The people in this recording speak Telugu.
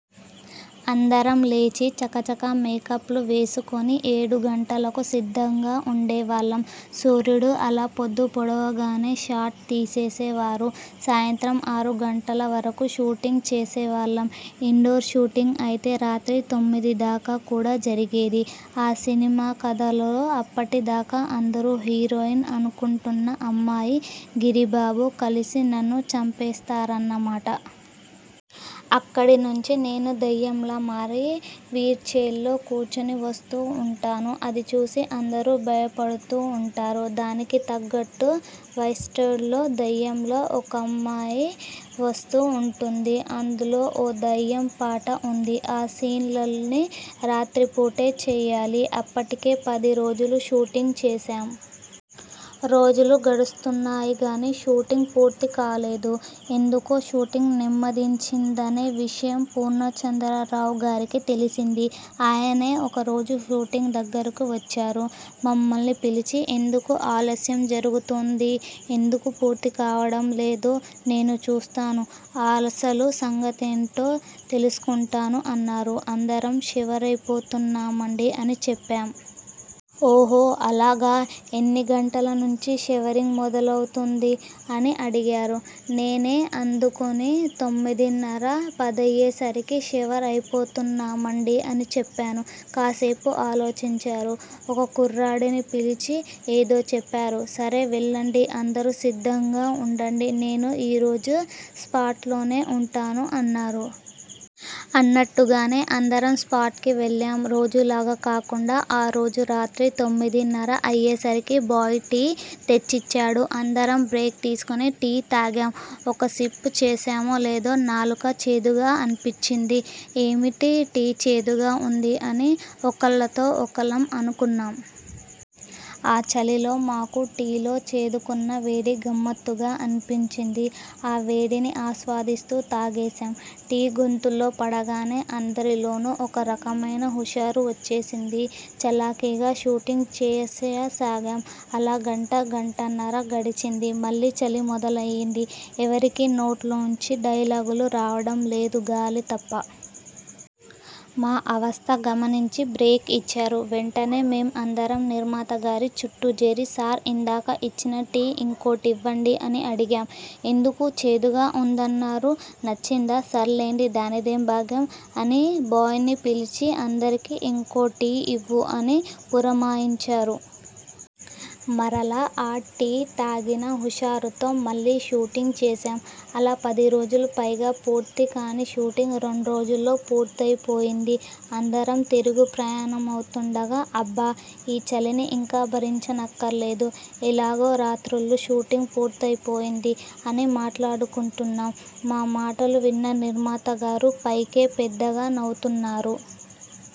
అందరం లేచి, చకచకా మేకప్లు వేసుకుని, ఏడుగంటలకు సిద్ధంగా ఉండేవాళ్లం. సూర్యుడు అలా పొద్దుపొడవగానే షాట్ తీసేసేవారు. సాయంత్రం ఆరు గంటల వరకు షూటింగ్ చేసేవాళ్లం. ఇండోర్ షూటింగ్ అయితే రాత్రి తొమ్మిదిదాకా కూడా జరిగేది. ఆ సినిమాకథలో, అప్పటిదాకా అందరూ హీరోయిన్ అనుకుంటున్న అమ్మాయీ, గిరిబాబూ కలిసి నన్ను చంపేస్తారన్నమాట. అక్కడినుంచి నేను దెయ్యంలా మారి వీల్చెయిర్లో కూర్చుని వస్తూ ఉంటాను. అదిచూసి అందరూ భయపడుతూ ఉంటారు. దానికి తగ్గట్టు వైట్డ్రస్లో దెయ్యంలా ఒకమ్మాయి వస్తూ ఉంటుంది. అందులో ఓ దెయ్యం పాట ఉంది. ఆ సీన్లన్నీ రాత్రిపూటే చేయాలి. అప్పటికే పది రోజులు షూటింగ్ చేశాం. రోజులు గడుస్తున్నాయిగానీ, షూటింగ్ పూర్తి కాలేదు. ఎందుకో షూటింగ్ నెమ్మదించిందనే విషయం పూర్ణచంద్రరావుగారికి తెలిసింది. ఆయనే ఒకరోజు షూటింగ్ దగ్గరకు వచ్చారు. మమ్మల్ని పిలిచి 'ఎందుకు ఆలస్యం జరుగుతోంది? ఎందుకు పూర్తికావడం లేదో నేనూ చూస్తాను. అసలుసంగతేంటో తెలుసుకుంటాను' అన్నారు. 'అందరం షివరైపోతున్నామండీ' అని చెప్పాం. 'ఓహో అలాగా! ఎన్నిగంటలనుంచి షివరింగ్ మొదలవుతుంది? ' అని అడిగారు. నేనే అందుకొని 'తొమ్మిదిన్నర, పదయ్యేసరికి షివర్ అయిపోతున్నామండీ' అని చెప్పాను. కాసేపు ఆలోచించారు. ఒక కుర్రాడిని పిలిచి ఏదో చెప్పారు. 'సరే వెళ్లండి, అందరూ సిద్ధంగా ఉండండి. నేనూ ఈరోజు స్పాట్లోనే ఉంటాను'' అన్నారు. అన్నట్టుగానే అందరం స్పాట్కి వెళ్లాం. రోజూలాగా కాకుండా, ఆ రోజురాత్రి తొమ్మిదిన్నర అయ్యేసరికి బోయ్ టీ తెచ్చిచ్చాడు. అందరం బ్రేక్ తీసుకుని టీ తాగాం. ఒక సిప్పు చేశామో లేదో, నాలుక చేదుగా అనిపించింది. 'ఏమిటి? టీ చేదుగా ఉంది' అని ఒకళ్లతో ఒకళ్లం అనుకున్నాం. ఆ చలిలో మాకు టీ లో చేదుకన్నా వేడి గమ్మత్తుగా అనిపించింది. ఆ వేడిని ఆస్వాదిస్తూ తాగేశాం. టీ గొంతులో పడగానే అందరిలోనూ ఒక రకమైన హుషారు వచ్చేసింది. చలాకీగా షూటింగ్ చేసేయసాగాం. అలా గంటా, గంటన్నర గడిచింది. మళ్లీ చలి మొదలైంది. ఎవరికీ నోట్లోంచి డైలాగులు రావడం లేదు, గాలి తప్ప! మా అవస్త గమనించి బ్రేక్ ఇచ్చారు. వెంటనే మేం అందరం నిర్మాతగారి చుట్టూజేరి 'సార్ ఇందాక ఇచ్చిన టీ ఇంకోటివ్వండి' అని అడిగాం. 'ఎందుకు చేదుగా ఉందన్నారు? నచ్చిందా? సర్లేండి. దానిదేం భాగ్యం' అని బోయ్ని పిలిచి 'అందరికీ ఇంకో టీ ఇవ్వు' అని పురమాయించారు. మరలా ఆ టీ తాగిన హుషారుతో మళ్ళీ షూటింగ్ చేశాం. అలా పదిరోజులు పైగా పూర్తి కాని షూటింగ్ రెండురోజుల్లో పూర్తైపోయింది. అందరం తిరుగుప్రయాణమవుతుండగా, 'అబ్బా! ఈ చలిని ఇంక భరించనక్కర్లేదు. ఎలాగో రాత్రుళ్లు షూటింగ్ పూర్తైపోయింది' అని మాట్లాడుకుంటున్నాం. మా మాటలు విన్న నిర్మాతగారు పైకే పెద్దగా నవ్వుతున్నారు.